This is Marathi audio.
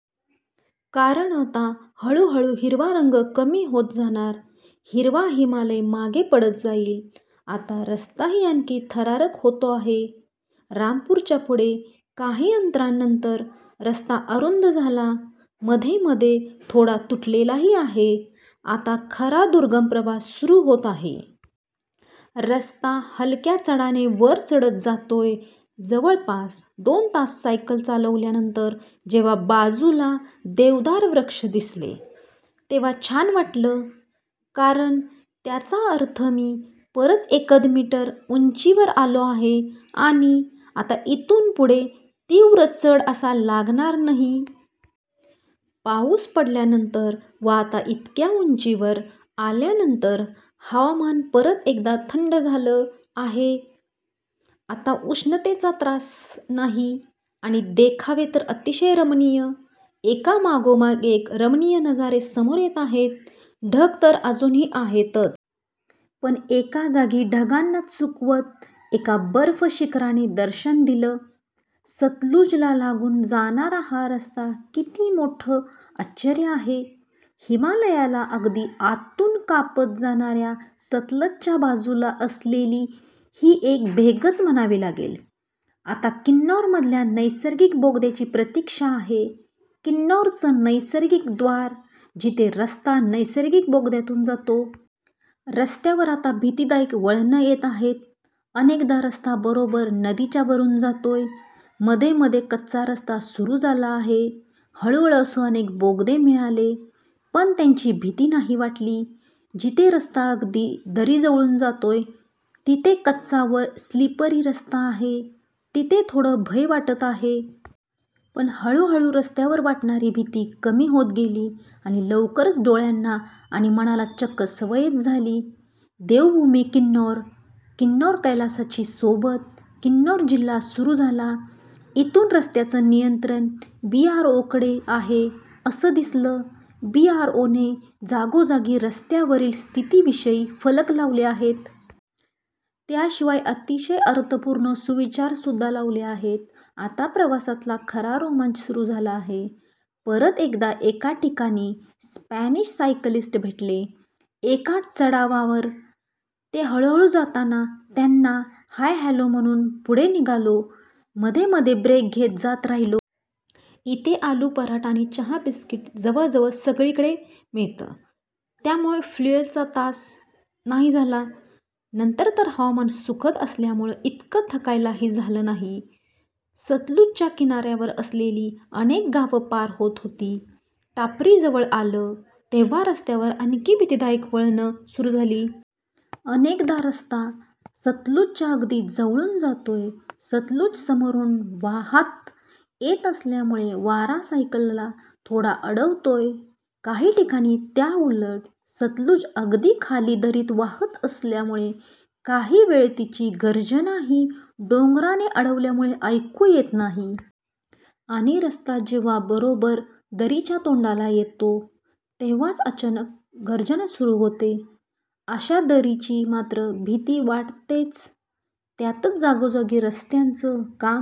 कारण आता हळूहळू हिरवा रंग कमी होत जाणार. हिरवा हिमालय मागे पडत जाईल. आता रस्ताही आणखी थरारक होतो आहे. रामपूरच्या पुढे काही अंतरानंतर रस्ता अरुंद झाला. मध्ये मध्ये थोडा तुटलेलाही आहे. आता खरा दुर्गम प्रवास सुरू होत आहे. रस्ता हलक्या चढाने वर चढत जातोय. जवळपास दोन तास सायकल चालवल्यानंतर जेव्हा बाजूला देवदार वृक्ष दिसले, तेव्हा छान वाटलं. कारण त्याचा अर्थ मी परत एकद मीटर उंचीवर आलो आहे आणि आता इथून पुढे तीव्र चढ असा लागणार नही. पाऊस पडल्यानंतर व आता इतक्या उंचीवर आल्यानंतर हवामान परत एकदा थंड झालं आहे. आता उष्णतेचा त्रास नाही. आणि देखावे तर अतिशय रमणीय. एकामागोमाग एक रमणीय नजारे समोर येत आहेत. ढग तर अजूनही आहेतच. पण एका जागी ढगांना चुकवत एका बर्फ शिखराने दर्शन दिलं. सतलुजला लागून जाणारा हा रस्ता किती मोठं आश्चर्य आहे. हिमालयाला अगदी आतून कापत जाणाऱ्या सतलजच्या बाजूला असलेली ही एक भेगच म्हणावी लागेल. आता किन्नौरमधल्या नैसर्गिक बोगद्याची प्रतीक्षा आहे, किन्नौरचं नैसर्गिक द्वार, जिथे रस्ता नैसर्गिक बोगद्यातून जातो. रस्त्यावर आता भितीदायक वळणं येत आहेत. अनेकदा रस्ता बरोबर नदीच्या वरून जातोय. मध्ये मध्ये कच्चा रस्ता सुरू झाला आहे. हळूहळू असे अनेक बोगदे मिळाले. पण त्यांची भीती नाही वाटली. जिथे रस्ता अगदी दरीजवळून जातोय, जिथे कच्चा व स्लिपरी रस्ता आहे, तिथे थोडं भय वाटत आहे. पण हळूहळू रस्त्यावर वाटणारी भीती कमी होत गेली. आणि लवकरच डोळ्यांना आणि मनाला चक्क सवयच झाली. देवभूमी किन्नौर. किन्नौर कैलासाची सोबत. किन्नौर जिल्हा सुरू झाला. इथून रस्त्याचं नियंत्रण बीआरओकडे आहे, असं दिसलं. बीआरओने जागोजागी रस्त्यावरील स्थितीविषयी फलक लावले आहेत. त्याशिवाय अतिशय अर्थपूर्ण सुविचारसुद्धा लावले आहेत. आता प्रवासातला खरा रोमांच सुरू झाला आहे. परत एकदा एका ठिकाणी स्पॅनिश सायकलिस्ट भेटले. एका चढावावर ते हळूहळू जाताना त्यांना हाय हॅलो म्हणून पुढे निघालो. मध्ये मध्ये ब्रेक घेत जात राहिलो. इथे आलू पराठा आणि चहा बिस्किट जवळजवळ सगळीकडे मिळतं. त्यामुळे फ्युएलचा त्रास नाही झाला. नंतर तर हवामान सुखद असल्यामुळे इतकं थकायलाही झालं नाही. सतलुजच्या किनाऱ्यावर असलेली अनेक गावं पार होत गेली. टापरी जवळ आलं, तेव्हा रस्त्यावर आणखी भीतीदायक वळणं सुरू झाली. अनेकदा रस्ता सतलुजच्या अगदी जवळून जातोय. सतलुज समोरून वाहात येत असल्यामुळे वारा सायकलला थोडा अडवतोय. काही ठिकाणी त्याउलट सतलुज अगदी खाली दरीत वाहात असल्यामुळे काही वेळ तिची गर्जनाही डोंगराने अडवल्यामुळे ऐकू येत नाही. आणि रस्ता जेव्हा बरोबर दरीच्या तोंडाला येतो, तेव्हाच अचानक गर्जना सुरू होते. अशा दरीची मात्र भीती वाटतेच. त्यातच जागोजागी रस्त्याचं काम